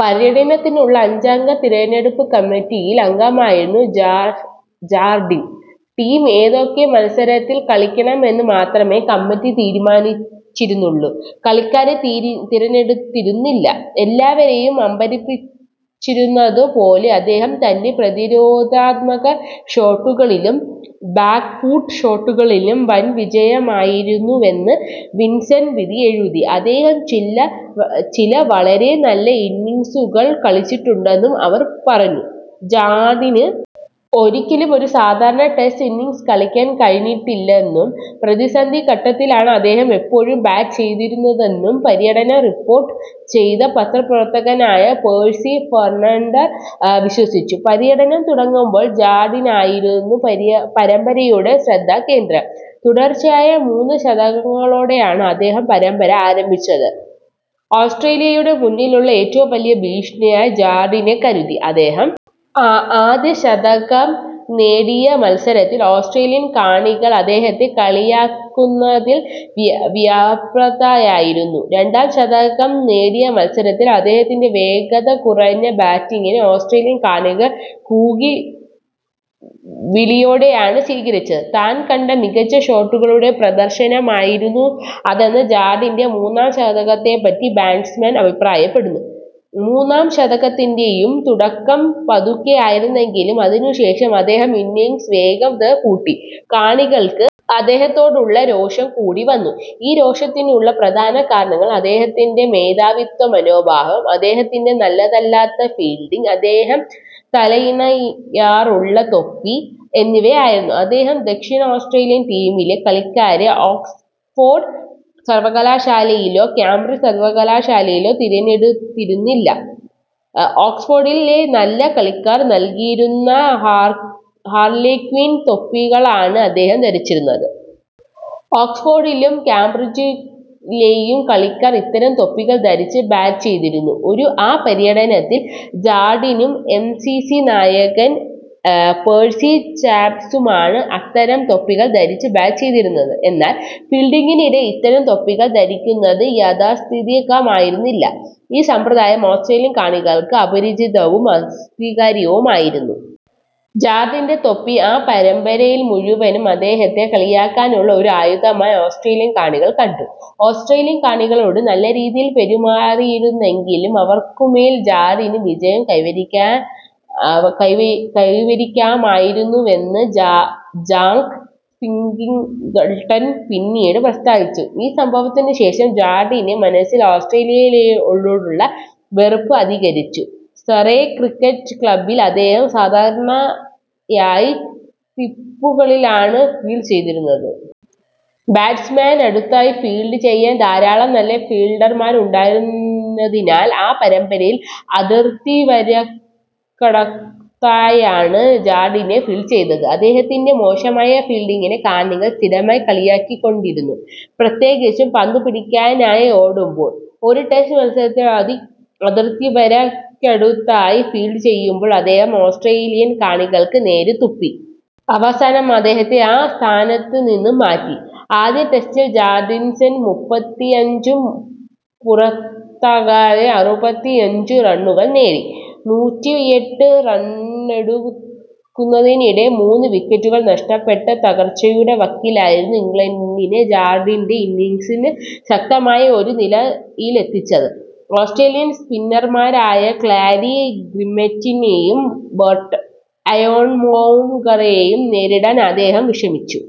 പര്യടനത്തിനുള്ള അഞ്ചംഗ തിരഞ്ഞെടുപ്പ് കമ്മിറ്റിയിൽ അംഗമായിരുന്നു ജാർഡിൻ. ടീം ഏതൊക്കെ മത്സരങ്ങളിൽ കളിക്കണമെന്ന് മാത്രമേ കമ്മിറ്റി തീരുമാനിച്ചിരുന്നുള്ളൂ, കളിക്കാരെ തിരഞ്ഞെടുത്തിരുന്നില്ല. എല്ലാവരേയും അമ്പരപ്പിച്ചിരുന്നതു പോലെ അദ്ദേഹം തൻ്റെ പ്രതിരോധാത്മക ഷോട്ടുകളിലും ബാക്ക് ഫുട്ട് ഷോട്ടുകളിലും വൻവിജയമായിരുന്നുവെന്ന് വിസ്ഡൺ വിധിയെഴുതി. അദ്ദേഹം ചില വളരെ നല്ല ഇന്നിംഗ്സുകൾ കളിച്ചിട്ടുണ്ടെന്നും അവർ പറഞ്ഞു. ജാർഡിന് ഒരിക്കലും ഒരു സാധാരണ ടെസ്റ്റ് ഇന്നിംഗ്സ് കളിക്കാൻ കഴിഞ്ഞിട്ടില്ലെന്നും, പ്രതിസന്ധി ഘട്ടത്തിലാണ് അദ്ദേഹം എപ്പോഴും ബാറ്റ് ചെയ്തിരുന്നതെന്നും, പര്യടനം റിപ്പോർട്ട് ചെയ്ത പത്രപ്രവർത്തകനായ പേഴ്സി ഫെൻഡർ വിശ്വസിച്ചു. പര്യടനം തുടങ്ങുമ്പോൾ ജാർഡിനായിരുന്നു പരമ്പരയുടെ ശ്രദ്ധാകേന്ദ്രം. തുടർച്ചയായ മൂന്ന് ശതകങ്ങളോടെയാണ് അദ്ദേഹം പരമ്പര ആരംഭിച്ചത്. ഓസ്ട്രേലിയയുടെ മുന്നിലുള്ള ഏറ്റവും വലിയ ഭീഷണിയായി ജാർഡിനെ കരുതി. അദ്ദേഹം ആദ്യ ശതകം നേടിയ മത്സരത്തിൽ ഓസ്ട്രേലിയൻ കാണികൾ അദ്ദേഹത്തെ കളിയാക്കുന്നതിൽ വ്യാപൃതയായിരുന്നു. രണ്ടാം ശതകം നേടിയ മത്സരത്തിൽ അദ്ദേഹത്തിൻ്റെ വേഗത കുറഞ്ഞ ബാറ്റിംഗിനെ ഓസ്ട്രേലിയൻ കാണികൾ കൂകി വിളിയോടെയാണ് സ്വീകരിച്ചത്. താൻ കണ്ട മികച്ച ഷോട്ടുകളുടെ പ്രദർശനമായിരുന്നു അതെന്ന് ജാർഡിൻ്റെ മൂന്നാം ശതകത്തെപ്പറ്റി ബ്രാഡ്മാൻ അഭിപ്രായപ്പെട്ടു. മൂന്നാം ശതകത്തിൻ്റെ യും തുടക്കം പതുക്കെയായിരുന്നെങ്കിലും, അതിനുശേഷം അദ്ദേഹം ഇന്നിംഗ്സിന് വേഗത കൂട്ടി. കാണികൾക്ക് അദ്ദേഹത്തോടുള്ള രോഷം കൂടി വന്നു. ഈ രോഷത്തിനുള്ള പ്രധാന കാരണങ്ങൾ അദ്ദേഹത്തിൻ്റെ മേധാവിത്വ മനോഭാവം, അദ്ദേഹത്തിൻ്റെ നല്ലതല്ലാത്ത ഫീൽഡിംഗ്, അദ്ദേഹം തലയിലണിയാറുള്ള തൊപ്പി എന്നിവയായിരുന്നു. അദ്ദേഹം ദക്ഷിണ ഓസ്ട്രേലിയൻ ടീമിലെ കളിക്കാരെ ഓക്സ്ഫോർഡ് സർവകലാശാലയിലോ കേംബ്രിഡ്ജ് സർവകലാശാലയിലോ തിരഞ്ഞെടുത്തിരുന്നില്ല. ഓക്സ്ഫോർഡിലെ നല്ല കളിക്കാർ നൽകിയിരുന്ന ഹാർലെ ഹാർലെക്വിൻ തൊപ്പികളാണ് അദ്ദേഹം ധരിച്ചിരുന്നത്. ഓക്സ്ഫോർഡിലും കേംബ്രിഡ്ജിലെയും കളിക്കാർ ഇത്തരം തൊപ്പികൾ ധരിച്ച് ബാറ്റ് ചെയ്തിരുന്നു.ആ പര്യടനത്തിൽ ജാർഡിനും എം സി സി നായകൻ പേഴ്സി ചാപ്മാനും അത്തരം തൊപ്പികൾ ധരിച്ച് ബാറ്റ് ചെയ്തിരുന്നു. എന്നാൽ ഫീൽഡിംഗിനിടയിൽ ഇത്തരം തൊപ്പികൾ ധരിക്കുന്നത് യാഥാസ്ഥിതികമായിരുന്നില്ല. ഈ സമ്പ്രദായം ഓസ്ട്രേലിയൻ കാണികൾക്ക് അപരിചിതവും അസ്വീകാര്യവുമായിരുന്നു. ജാർഡിൻ്റെ തൊപ്പി ആ പരമ്പരയിൽ മുഴുവനും അദ്ദേഹത്തെ കളിയാക്കാനുള്ള ഒരു ആയുധമായി ഓസ്ട്രേലിയൻ കാണികൾ കണ്ടു. ഓസ്ട്രേലിയൻ കാണികളോട് നല്ല രീതിയിൽ പെരുമാറിയിരുന്നെങ്കിൽ അവർക്കുമേൽ ജാർഡിന് വിജയം കൈവരിക്കാമായിരുന്നുവെന്ന് ജാക്ക് ഫിംഗിൾട്ടൺ പിന്നീട് പ്രസ്താവിച്ചു. ഈ സംഭവത്തിനുശേഷം ജാർഡിൻ്റെ മനസ്സിൽ ഓസ്ട്രേലിയയോടുള്ള വെറുപ്പ് അധികരിച്ചു. സറേ ക്രിക്കറ്റ് ക്ലബ്ബിൽ അദ്ദേഹം സാധാരണയായി സ്ലിപ്പുകളിലാണ് ഫീൽഡ് ചെയ്തിരുന്നത്. ബാറ്റ്സ്മാന് അടുത്തായി ഫീൽഡ് ചെയ്യാൻ ധാരാളം നല്ല ഫീൽഡർമാരുണ്ടായിരുന്നതിനാൽ, ആ പരമ്പരയിൽ അതിർത്തിവരക്കടുത്തായാണ് ജാർഡിൻ ഫീൽഡ് ചെയ്തത്. അദ്ദേഹത്തിൻ്റെ മോശമായ ഫീൽഡിംഗിനെ കാണികൾ സ്ഥിരമായി കളിയാക്കിക്കൊണ്ടിരുന്നു, പ്രത്യേകിച്ചും പന്ത് പിടിക്കാനായി ഓടുമ്പോൾ. ഒരു ടെസ്റ്റ് മത്സരത്തിൽ അതിർത്തിവരക്കടുത്തായി ഫീൽഡ് ചെയ്യുമ്പോൾ അദ്ദേഹം ഓസ്ട്രേലിയൻ കാണികൾക്ക് നേരെ തുപ്പി. അവസനം അദ്ദേഹത്തെ ആ സ്ഥാനത്തുനിന്ന് മാറ്റി.ആദ്യ ടെസ്റ്റിൽ ജാർഡിൻ മുപ്പത്തിയഞ്ചും പുറത്താകാതെ അറുപത്തിയഞ്ചും റണ്ണുകൾ നേടി. നൂറ്റിയെട്ട് റണ്ണെടുക്കുന്നതിനിടെ മൂന്ന് വിക്കറ്റുകൾ നഷ്ടപ്പെട്ട് തകർച്ചയുടെ വക്കിലായിരുന്ന ഇംഗ്ലണ്ടിനെ ജാർഡിൻ്റെ ഇന്നിംഗ്സിന് ശക്തമായ ഒരു നിലയിലെത്തിച്ചത്. ഓസ്ട്രേലിയൻ സ്പിന്നർമാരായ ക്ലാരി ഗ്രിമ്മെറ്റിനെയും ബെർട്ട് അയേൺമോംഗറെയും നേരിടാൻ അദ്ദേഹം വിഷമിച്ചു.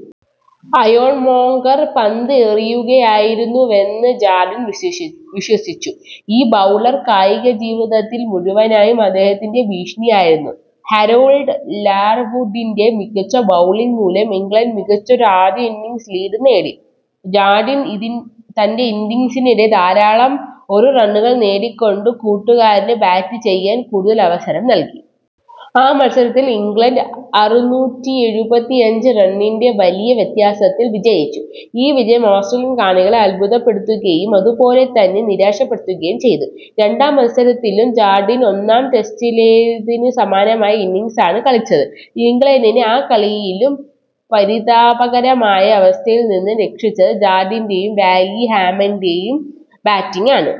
അയേൺമോംഗർ പന്ത് എറിയുകയായിരുന്നുവെന്ന് ജാർഡിൻ വിശ്വസിച്ചു. ഈ ബൗളർ കായികജീവിതത്തിൽ മുഴുവനായും അദ്ദേഹത്തിന് ഭീഷണിയായിരുന്നു. ഹാരോൾഡ് ലാർവുഡിൻ്റെ മികച്ച ബൗളിംഗ് മൂലം ഇംഗ്ലണ്ട് മികച്ചൊരു ആദ്യ ഇന്നിംഗ്സ് ലീഡ് നേടി. ജാർഡിൻ തൻ്റെ ഇന്നിംഗ്സിനിടെ ധാരാളം ഒരു റണ്ണുകൾ നേടിക്കൊണ്ട് കൂട്ടുകാരന് ബാറ്റ് ചെയ്യാൻ കൂടുതൽ അവസരം നൽകി. ആ മത്സരത്തിൽ ഇംഗ്ലണ്ട് അറുനൂറ്റി എഴുപത്തിയഞ്ച് റണ്ണിൻ്റെ വലിയ വ്യത്യാസത്തിൽ വിജയിച്ചു. ഈ വിജയം ഓസ്ട്രേലിയൻ കാണികളെ അത്ഭുതപ്പെടുത്തുകയും അതുപോലെ തന്നെ നിരാശപ്പെടുത്തുകയും ചെയ്തു.രണ്ടാം മത്സരത്തിലും ജാർഡിൻ ഒന്നാം ടെസ്റ്റിലേതിനു സമാനമായ ഇന്നിംഗ്സാണ് കളിച്ചത്. ഇംഗ്ലണ്ടിനെ ആ കളിയിലും പരിതാപകരമായ അവസ്ഥയിൽനിന്ന് രക്ഷിച്ചത് ജാർഡിൻ്റെ യും വാലി ഹാമിൻ്റെയും ബാറ്റിംഗാണ്.